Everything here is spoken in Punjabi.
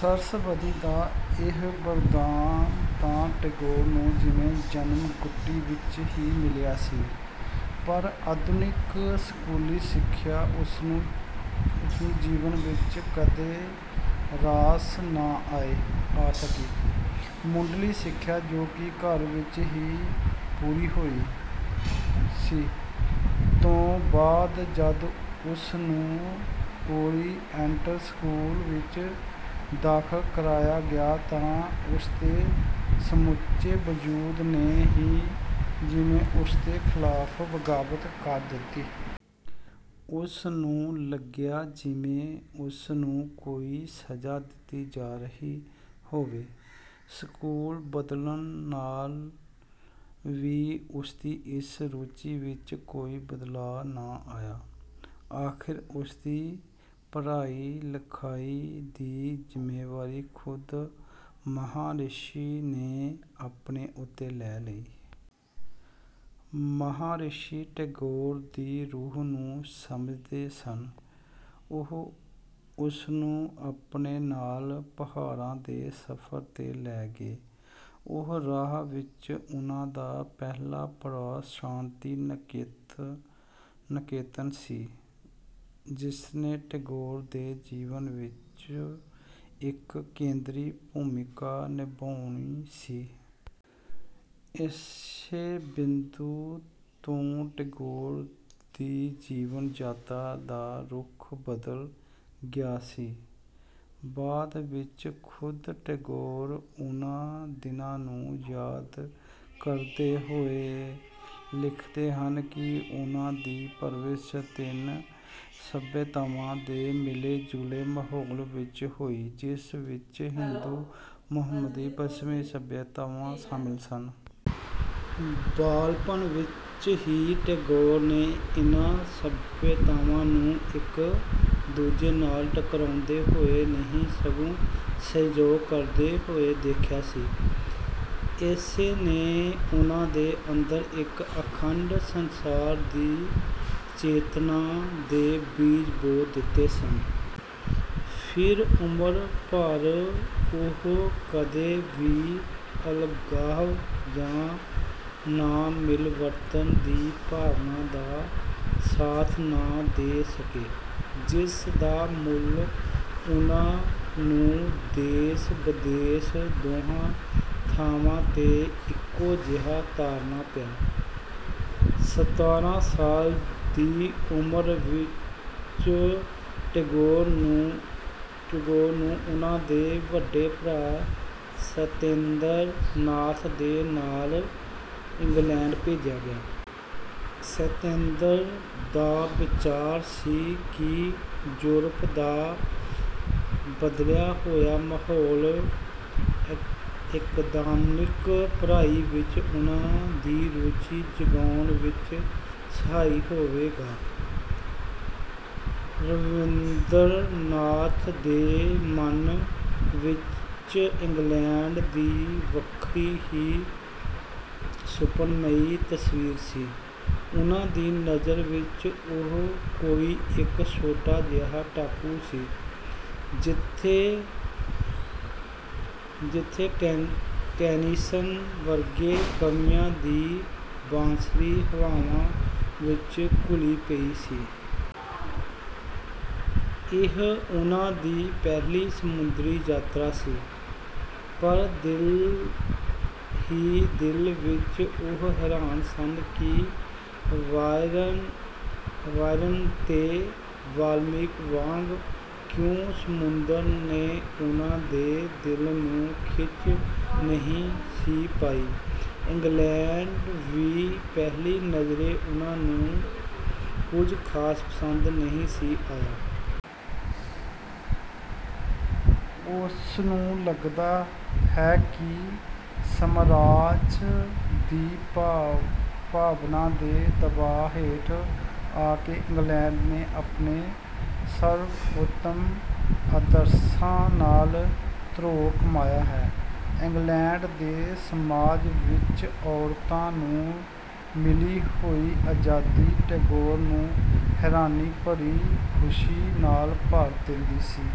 ਸਰਸਵਤੀ ਦਾ ਇਹ ਵਰਦਾਨ ਤਾਂ ਟੈਗੋਰ ਨੂੰ ਜਿਵੇਂ ਜਨਮ-ਘੁੱਟੀ ਵਿੱਚ ਹੀ ਮਿਲਿਆ ਸੀ। ਪਰ ਅਧੁਨਿਕ ਸਕੂਲੀ ਸਿਖਿਆ ਉਸਨੂੰ ਜੀਵਨ ਵਿੱਚ ਕਦੇ ਰਾਸ ਨਾ ਆ ਸਕੀ। ਮੁਢੱਲੀ ਸਿਖਿਆ, ਜੋ ਕਿ ਘਰ ਵਿੱਚ ਹੀ ਪੂਰੀ ਹੋਈ ਸੀ, ਤੋਂ ਬਾਦ ਜਦ ਉਸਨੂੰ ਓਰੀਐਂਟਲ ਸਕੂਲ ਵਿੱਚ ਦਾਖਿਲ ਕਰਾਇਆ ਗਿਆ ਤਾਂ ਉਸਦੇ ਸਮੁੱਚੇ ਵਜੂਦ ਨੇ ਹੀ ਜਿਵੇਂ ਉਸਦੇ ਖਿਲਾਫ਼ ਬਗਾਵਤ ਕਰ ਦਿੱਤੀ। ਉਸਨੂੰ ਲਗਿਆ ਜਿਵੇਂ ਉਸਨੂੰ ਕੋਈ ਸਜਾ ਦਿੱਤੀ ਜਾ ਰਹੀ ਹੋਵੇ। ਸਕੂਲ ਬਦਲਣ ਨਾਲ ਵੀ ਉਸਦੀ ਇਸ ਰੁਚੀ ਵਿੱਚ ਕੋਈ ਬਦਲਾਓ ਨਾ ਆਇਆ। ਆਖਿਰ ਉਸਦੀ ਪੜਾਈ-ਲਿਖਾਈ ਦੀ ਜ਼ਿੰਮੇਦਾਰੀ ਖੁਦ ਮਹਾਰਿਸ਼ੀ ਨੇ ਆਪਣੇ ਉੱਤੇ ਲੈ ਲਈ। ਮਹਾਰਿਸ਼ੀ ਟੈਗੋਰ ਦੀ ਰੂਹ ਨੂੰ ਸਮਝਦੇ ਸਨ, ਉਹ ਉਸਨੂੰ ਆਪਣੇ ਨਾਲ ਪਹਾੜਾਂ ਦੇ ਸਫ਼ਰ 'ਤੇ ਲੈ ਗਏ। ਉਸ ਰਾਹ ਵਿੱਚ ਉਨ੍ਹਾ ਦਾ ਪਹਿਲਾ ਪੜਾਅ ਸ਼ਾਂਤੀ-ਨਿਕੇਤਨ ਸੀ, ਜਿਸਨੇ ਟੈਗੋਰ ਦੇ ਜੀਵਨ ਵਿੱਚ ਇੱਕ ਕੇਂਦਰੀ ਭੂਮੀਕਾ ਨਿਭਾਉਣੀ ਸੀ। ਇਸੇ ਬਿੰਦੂ ਤੋਂ ਟਗੋਰ ਦੀ ਜੀਵਨ ਯਾਤਰਾ ਦਾ ਰੁਖ ਬਦਲ ਗਿਆ ਸੀ। ਬਾਦ ਵਿੱਚ ਖੁਦ ਟੈਗੋਰ ਉਨ੍ਹਾ ਦਿਨਾਂ ਨੂੰ ਯਾਦ ਕਰਦੇ ਹੋਏ ਲਿਖਦੇ ਹਨ ਕਿ ਉਨ੍ਹਾ ਦੀ ਪਰਵਰਿਸ਼ ਤਿੰਨ ਸਭਿਅਤਾਵਾਂ ਦੇ ਮਿਲੇ-ਜੁਲੇ ਮਾਹੋਲ ਵਿੱਚ ਹੋਈ, ਜਿਸ ਵਿੱਚ ਹਿੰਦੂ, ਮੁਹੰਮਦੀ ਤੇ ਪੱਛਮੀ ਸਭਿਆਤਾਵਾਂ ਸ਼ਾਮਿਲ ਸਨ। ਬਾਲਪਣ ਵਿੱਚ ਹੀ ਟੈਗੋਰ ਨੇ ਇਨ੍ਹਾ ਸਭਿਆਤਾਵਾਂ ਨੂੰ ਇੱਕ ਦੂਜੇ ਨਾਲ ਟਕਰਾਉਂਦੇ ਹੋਏ ਨਹੀਂ ਸਗੋਂ ਸਹਿਯੋਗ ਕਰਦੇ ਹੋਏ ਦੇਖਿਆ ਸੀ, ਇਸੇ ਨੇ ਉਨ੍ਹਾ ਦੇ ਅੰਦਰ ਇੱਕ ਅਖੰਡ ਸਂਸਾਰ ਦੀ ਚੇਤਨਾ ਦੇ ਬੀਜ ਬੋ ਦਿੱਤੇ ਸਨ। ਫੇਰ ਉਮਰ ਭਰ ਉਹ ਕਦੇ ਵੀ ਅਲਗਾਵ ਜਾਂ ਨਾਮਿਲਵਰਤਣ ਦੀ ਭਾਵਨਾ ਦਾ ਸਾਥ ਨਾ ਦੇ ਸਕੇ, ਜਿਸ ਦਾ ਮੁੱਲ ਉਨ੍ਹਾ ਨੂੰ ਦੇਸ-ਵਿਦੇਸ ਦੋਹਾਂ ਥਾਵਾਂ 'ਤੇ ਇੱਕੋ ਜਿਹਾ ਤਾਰਨਾ ਪਿਆ। ਸਤਾਰ੍ਹਾਂ ਸਾਲ ਦੀ ਉਮਰ ਵਿੱਚ ਟੈਗੋਰ ਨੂੰ ਉਨ੍ਹਾ ਦੇ ਵੱਡੇ ਭਰਾ ਸਤੇਂਦਰਨਾਥ ਦੇ ਨਾਲ ਇੰਗਲੈਂਡ ਭੇਜਿਆ ਗਿਆ। ਸਤੇਂਦਰ ਦਾ ਵਿਚਾਰ ਸੀ ਕਿ ਯੂਰਪ ਦਾ ਬਦਲਿਆ ਹੋਇਆ ਮਾਹੌਲ ਅਕਾਦਮਿਕ ਪੜ੍ਹਾਈ ਵਿੱਚ ਉਨ੍ਹਾ ਦੀ ਰੁਚੀ ਜਗਾਉਣ ਵਿੱਚ ਸਹਾਈ ਹੋਵੇਗਾ। ਰਬਿੰਦਰਨਾਥ ਦੇ ਮਨ ਵਿੱਚ ਇੰਗਲੈਂਡ ਦੀ ਵੱਖਰੀ ਹੀ ਸੁਫ਼ਨਮਈ ਤਸਵੀਰ ਸੀ। ਉਨ੍ਹਾ ਦੀ ਨਜ਼ਰ ਵਿੱਚ ਉਹ ਕੋਈ ਇੱਕ ਛੋਟਾ ਜਿਹਾ ਟਾਪੂ ਸੀ, ਜਿੱਥੇ ਟੈਨੀਸਨ ਵਰਗੇ ਕਵੀਆਂ ਦੀ ਬਾਂਸਰੀ ਹਵਾਵਾਂ 'ਚ ਘੁਲੀ ਪਈ ਸੀ। ਇਹ ਉਨ੍ਹਾ ਦੀ ਪਹਿਲੀ ਸਮੁੰਦਰੀ ਯਾਤਰਾ ਸੀ। ਪਰ ਦਿਲ ਹੀ ਦਿਲ ਵਿੱਚ ਉਹ ਹੈਰਾਨ ਸਨ ਕਿ ਬਾਇਰਨ ਤੇ ਵਾਲਮੀਕ ਵਾਂਗ ਕਿਉਂ ਸਮੁੰਦਰ ਨੇ ਉਨ੍ਹਾ ਦੇ ਦਿਲ ਨੂੰ ਖਿੱਚ ਨਹੀਂ ਸੀ ਪਾਈ। ਇੰਗਲੈਂਡ ਵੀ ਪਹਿਲੀ ਨਜ਼ਰੇ ਉਨ੍ਹਾ ਨੂੰ ਕੁਝ ਖਾਸ ਪਸੰਦ ਨਹੀਂ ਸੀ ਆਇਆ। ਉਸਨੂੰ ਲਗਦਾ ਹੈ ਕਿ ਸਮਰਾਜ ਦੀ ਭਾਵਨਾ ਦੇ ਦਬਾ ਹੇਠ ਆ ਕੇ ਇੰਗਲੈਂਡ ਨੇ ਆਪਣੇ ਸਰਵੋਤਮ ਆਦਰਸ਼ਾਂ ਨਾਲ ਧਰੋਹ ਕਮਾਇਆ ਹੈ। ਇੰਗਲੈਂਡ ਦੇ ਸਮਾਜ ਵਿੱਚ ਔਰਤਾਂ ਨੂੰ ਮਿਲੀ ਹੋਈ ਆਜ਼ਾਦੀ ਟੈਗੋਰ ਨੂੰ ਹੈਰਾਨੀ ਭਰੀ ਖੁਸ਼ੀ ਨਾਲ ਭਰ ਦਿੰਦੀ ਸੀ।